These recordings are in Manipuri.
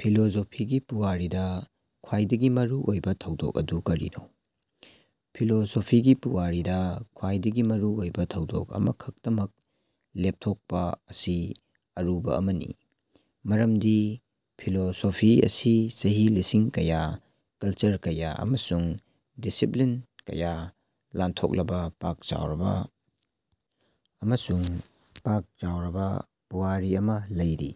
ꯐꯤꯂꯣꯖꯣꯐꯤꯒꯤ ꯄꯨꯋꯥꯔꯤꯗ ꯈ꯭ꯋꯥꯏꯗꯒꯤ ꯃꯔꯨ ꯑꯣꯏꯕ ꯊꯧꯗꯣꯛ ꯑꯗꯨ ꯀꯔꯤꯅꯣ? ꯐꯤꯂꯣꯖꯣꯐꯤꯒꯤ ꯄꯨꯋꯥꯔꯤꯗ ꯈ꯭ꯋꯥꯏꯗꯒꯤ ꯃꯔꯨ ꯑꯣꯏꯕ ꯊꯧꯗꯣꯛ ꯑꯃꯈꯛꯇꯃꯛ ꯂꯦꯞꯊꯣꯛꯄ ꯑꯁꯤ ꯑꯔꯨꯕ ꯑꯃꯅꯤ ꯃꯔꯝꯗꯤ ꯐꯤꯂꯣꯁꯣꯐꯤ ꯑꯁꯤ ꯆꯍꯤ ꯂꯤꯁꯤꯡ ꯀꯌꯥ, ꯀꯜꯆꯔ ꯀꯌꯥ ꯑꯃꯁꯨꯡ ꯗꯤꯁꯤꯞꯂꯤꯟ ꯀꯌꯥ ꯂꯥꯟꯊꯣꯛꯂꯕ ꯄꯥꯛ ꯆꯥꯎꯔꯕ ꯑꯃꯁꯨꯡ ꯄꯥꯛ ꯆꯥꯎꯔꯕ ꯄꯨꯋꯥꯔꯤ ꯑꯃꯥ ꯂꯩꯔꯤ꯫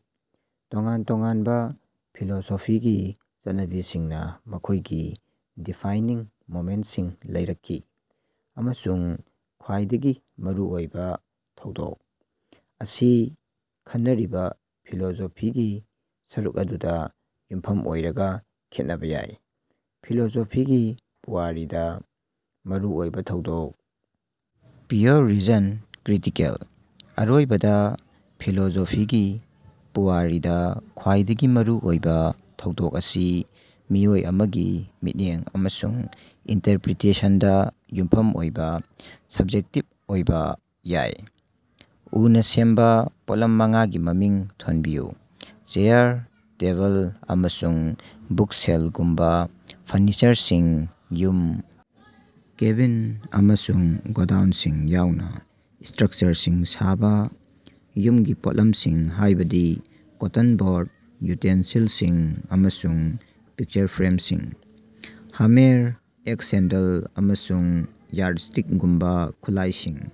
ꯇꯣꯉꯥꯟ ꯇꯣꯉꯥꯟꯕ ꯐꯤꯂꯣꯖꯣꯐꯤꯒꯤ ꯆꯠꯅꯕꯤꯁꯤꯡꯅ ꯃꯈꯣꯏꯒꯤ ꯗꯤꯐꯥꯏꯟꯅꯤꯡ ꯃꯣꯃꯦꯟꯇꯁꯤꯡ ꯂꯩꯔꯛꯈꯤ, ꯑꯃꯁꯨꯡ "ꯈ꯭ꯋꯥꯏꯗꯒꯤ ꯃꯔꯨ ꯑꯣꯏꯕ ꯊꯧꯗꯣꯛ" ꯑꯁꯤ ꯈꯟꯅꯔꯤꯕ ꯐꯤꯂꯣꯖꯣꯐꯤꯒꯤ ꯁꯔꯨꯛ ꯑꯗꯨꯗ ꯌꯨꯝꯐꯝ ꯑꯣꯏꯔꯒ ꯈꯦꯠꯅꯕ ꯌꯥꯏ꯫ ꯐꯤꯂꯣꯖꯣꯐꯤꯒꯤ ꯄꯨꯋꯥꯔꯤꯗ ꯃꯔꯨ ꯑꯣꯏꯕ ꯊꯧꯗꯣꯛ "ꯄ꯭ꯌꯨꯔ ꯔꯤꯖꯟ ꯀ꯭ꯔꯤꯇꯤꯀꯦꯜ" ꯑꯔꯣꯏꯕꯗ, ꯐꯤꯂꯣꯖꯣꯐꯤꯒꯤ ꯄꯨꯋꯥꯔꯤꯗ ꯈ꯭ꯋꯥꯏꯗꯒꯤ ꯃꯔꯨ ꯑꯣꯏꯕ ꯊꯧꯗꯣꯛ ꯑꯁꯤ ꯃꯤꯑꯣꯏ ꯑꯃꯒꯤ ꯃꯤꯠꯌꯦꯡ ꯑꯃꯁꯨꯡ ꯏꯟꯇꯔꯄꯔ꯭ꯤꯇꯦꯁꯟꯗ ꯌꯨꯝꯐꯝ ꯑꯣꯏꯕ ꯁꯕ꯭ꯖꯦꯛꯇꯤꯕ ꯑꯣꯏꯕ ꯌꯥꯏ꯫ ꯎꯅ ꯁꯦꯝꯕ ꯄꯣꯠꯂꯝ ꯃꯉꯥꯒꯤ ꯃꯃꯤꯡ ꯊꯣꯟꯕꯤꯌꯨ꯫ ꯆꯦꯌꯥꯔ, ꯇꯦꯕꯜ, ꯑꯃꯁꯨꯡ ꯕꯨꯛꯁꯦꯜꯒꯨꯝꯕꯥ ꯐꯔꯅꯤꯆꯔꯁꯤꯡ꯫ ꯌꯨꯝ, ꯀꯦꯕꯤꯟ, ꯑꯃꯁꯨꯡ ꯒꯣꯗꯥꯎꯟꯁꯤꯡ ꯌꯥꯎꯅ ꯏꯁ꯭ꯇꯔꯛꯆꯔꯁꯤꯡ ꯁꯥꯕ꯫ ꯌꯨꯝꯒꯤ ꯄꯣꯠꯂꯝꯁꯤꯡ ꯍꯥꯏꯕꯗꯤ ꯀꯣꯠꯇꯟ ꯕꯣꯔꯗ, ꯌꯨꯇꯦꯟꯁꯤꯜꯁꯤꯡ, ꯑꯃꯁꯨꯡ ꯄꯤꯛꯆꯔ ꯐ꯭ꯔꯦꯝꯁꯤꯡ꯫ ꯍꯥꯃꯦꯔ, ꯑꯦꯛꯁ ꯍꯦꯟꯗꯜ, ꯑꯃꯁꯨꯡ ꯌꯥꯔꯗꯏꯁ꯭ꯇꯤꯀꯒꯨꯝꯕ ꯈꯨꯠꯂꯥꯏꯁꯤꯡ꯫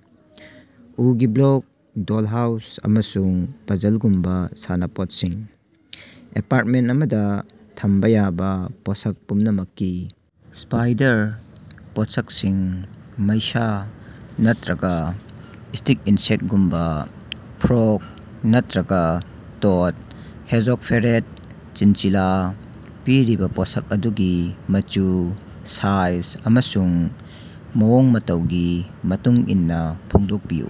ꯎꯒꯤ ꯕ꯭ꯂꯣꯛ, ꯗꯣꯜꯍꯥꯎꯁ, ꯑꯃꯁꯨꯡ ꯄꯥꯖꯜꯒꯨꯝꯕ ꯁꯥꯟꯅꯄꯣꯠꯁꯤꯡ꯫ ꯑꯦꯄꯥꯔꯠꯃꯦꯟꯇ ꯑꯃꯗ ꯊꯝꯕ ꯌꯥꯕ ꯄꯣꯠꯁꯛ ꯄꯨꯝꯅꯃꯛꯀꯤ ꯁ꯭ꯄꯥꯏꯗꯔ ꯄꯣꯠꯁꯛꯁꯤꯡ (ꯃꯩꯁꯥ ꯅꯠꯇ꯭ꯔꯒꯥ ꯁ꯭ꯇꯤꯛ ꯏꯟꯁꯦꯛꯇꯒꯨꯝꯕ) ꯐ꯭ꯔꯣꯒ ꯅꯠꯇ꯭ꯔꯒ ꯇꯣꯗ ꯍꯦꯓꯣꯒ ꯐꯦꯔꯦꯠ ꯆꯤꯟꯆꯤꯂꯥ꯫ ꯄꯤꯔꯤꯕ ꯄꯣꯠꯁꯛ ꯑꯗꯨꯒꯤ ꯃꯆꯨ, ꯁꯥꯏꯖ ꯑꯃꯁꯨꯡ ꯃꯑꯣꯡ ꯃꯇꯧꯒꯤ ꯃꯇꯨꯡ ꯏꯟꯅ ꯐꯣꯡꯗꯣꯛꯄꯤꯌꯨ꯫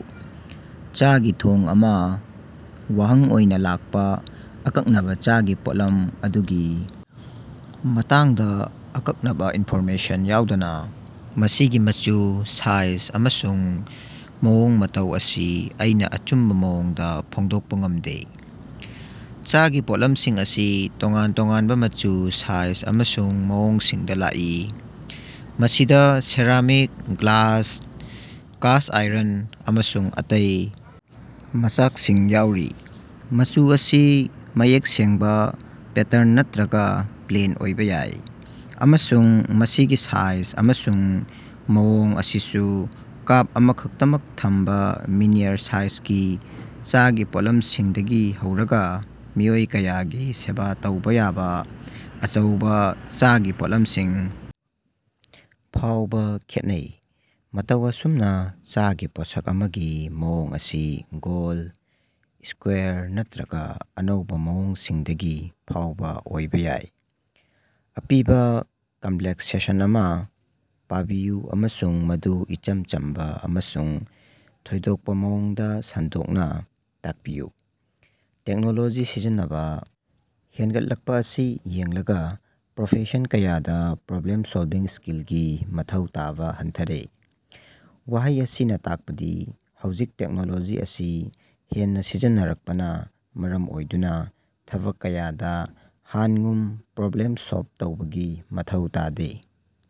ꯆꯥꯒꯤ ꯊꯣꯡ ꯑꯃ꯫ ꯋꯥꯍꯪ ꯑꯣꯏꯅ ꯂꯥꯛꯄ ꯑꯀꯛꯅꯕ ꯆꯥꯒꯤ ꯄꯣꯠꯂꯝ ꯑꯗꯨꯒꯤ ꯃꯇꯥꯡꯗ ꯑꯀꯛꯅꯕ ꯏꯟꯐꯣꯔꯃꯦꯁꯟ ꯌꯥꯎꯗꯅ ꯃꯁꯤꯒꯤ ꯃꯆꯨ, ꯁꯥꯏꯖ ꯑꯃꯁꯨꯡ ꯃꯑꯣꯡ ꯃꯇꯧ ꯑꯁꯤ ꯑꯩꯅ ꯑꯆꯨꯝꯕ ꯃꯑꯣꯡꯗ ꯐꯣꯡꯗꯣꯛꯄ ꯉꯝꯗꯦ꯫ ꯆꯥꯒꯤ ꯄꯣꯠꯂꯝꯁꯤꯡ ꯑꯁꯤ ꯇꯣꯉꯥꯟ ꯇꯣꯉꯥꯟꯕ ꯃꯆꯨ, ꯁꯥꯏꯖ ꯑꯃꯁꯨꯡ ꯃꯑꯣꯡꯁꯤꯡꯗ ꯂꯥꯛꯏ, ꯃꯁꯤꯗ ꯁꯦꯔꯥꯃꯤꯛ, ꯒ꯭ꯂꯥꯁ, ꯀꯥꯁ ꯑꯥꯏꯔꯟ ꯑꯃꯁꯨꯡ ꯑꯇꯩ ꯃꯆꯥꯛꯁꯤꯡ ꯌꯥꯎꯔꯤ꯫ ꯃꯆꯨ ꯑꯁꯤ ꯃꯌꯦꯛ ꯁꯦꯡꯕ, ꯄꯦꯇꯔꯟ ꯅꯠꯇ꯭ꯔꯒꯥ ꯄ꯭ꯂꯦꯟ ꯑꯣꯏꯕ ꯌꯥꯏ, ꯑꯃꯁꯨꯡ ꯃꯁꯤꯒꯤ ꯁꯥꯏꯖ ꯑꯃꯁꯨꯡ ꯃꯑꯣꯡ ꯑꯁꯤꯁꯨ ꯀꯥꯞ ꯑꯃꯈꯛꯇꯃꯛ ꯊꯝꯕ ꯃꯤꯅꯤꯌꯔ ꯁꯥꯏꯖꯒꯤ ꯆꯥꯒꯤ ꯄꯣꯠꯂꯝꯁꯤꯡꯗꯒꯤ ꯍꯧꯔꯒꯥ ꯃꯤꯑꯣꯏ ꯀꯌꯥꯒꯤ ꯁꯦꯕ ꯇꯧꯕ ꯌꯥꯕ ꯑꯆꯧꯕ ꯆꯥꯒꯤ ꯄꯣꯠꯂꯝꯁꯤꯡ ꯐꯥꯎꯕ ꯈꯦꯠꯅꯩ꯫ ꯃꯇꯧ ꯑꯁꯨꯝꯅ ꯆꯥꯒꯤ ꯄꯣꯠꯁꯛ ꯑꯃꯒꯤ ꯃꯑꯣꯡ ꯑꯁꯤ ꯒꯣꯜꯗ, ꯏꯁ꯭ꯀꯌꯥꯔ ꯅꯠꯇ꯭ꯔꯒꯥ ꯑꯅꯧꯕ ꯃꯑꯣꯡꯁꯤꯡꯗꯒꯤ ꯐꯥꯎꯕ ꯑꯣꯏꯕ ꯌꯥꯏ꯫ ꯑꯄꯤꯕ ꯀꯝꯞꯂꯦꯛꯁ ꯁꯦꯟꯁꯟ ꯑꯃ ꯄꯥꯕꯤꯌꯨ ꯑꯃꯁꯨꯡ ꯃꯗꯨ ꯏꯆꯝ ꯆꯝꯕ ꯑꯃꯁꯨꯡ ꯊꯣꯏꯗꯣꯛꯄ ꯃꯑꯣꯡꯗ ꯁꯟꯗꯣꯛꯅ ꯇꯥꯛꯄꯤꯌꯨ꯫ ꯇꯦꯛꯅꯣꯂꯣꯖꯤ ꯁꯤꯖꯤꯟꯅꯕ ꯍꯦꯟꯒꯠꯂꯛꯄ ꯑꯁꯤ ꯌꯦꯡꯂꯒ, ꯄ꯭ꯔꯣꯐꯦꯁꯟ ꯀꯌꯥꯗ ꯄ꯭ꯔꯣꯕ꯭ꯂꯦꯝ ꯁꯣꯜꯕꯤꯡ ꯁ꯭ꯀꯤꯜꯒꯤ ꯃꯊꯧ ꯇꯥꯕ ꯍꯟꯊꯔꯦ꯫ ꯋꯥꯍꯩ ꯑꯁꯤꯅ ꯇꯥꯛꯄꯗꯤ ꯍꯧꯖꯤꯛ ꯇꯦꯛꯅꯣꯂꯣꯖꯤ ꯑꯁꯤ ꯍꯦꯟꯅ ꯁꯤꯖꯤꯟꯅꯔꯛꯄꯅ ꯃꯔꯝ ꯑꯣꯏꯗꯨꯅ ꯊꯕꯛ ꯀꯌꯥꯗ ꯍꯥꯟꯉꯨꯝ ꯄ꯭ꯔꯣꯕ꯭ꯂꯦꯝ ꯁꯣꯜꯕ ꯇꯧꯕꯒꯤ ꯃꯊꯧ ꯇꯥꯗꯦ꯫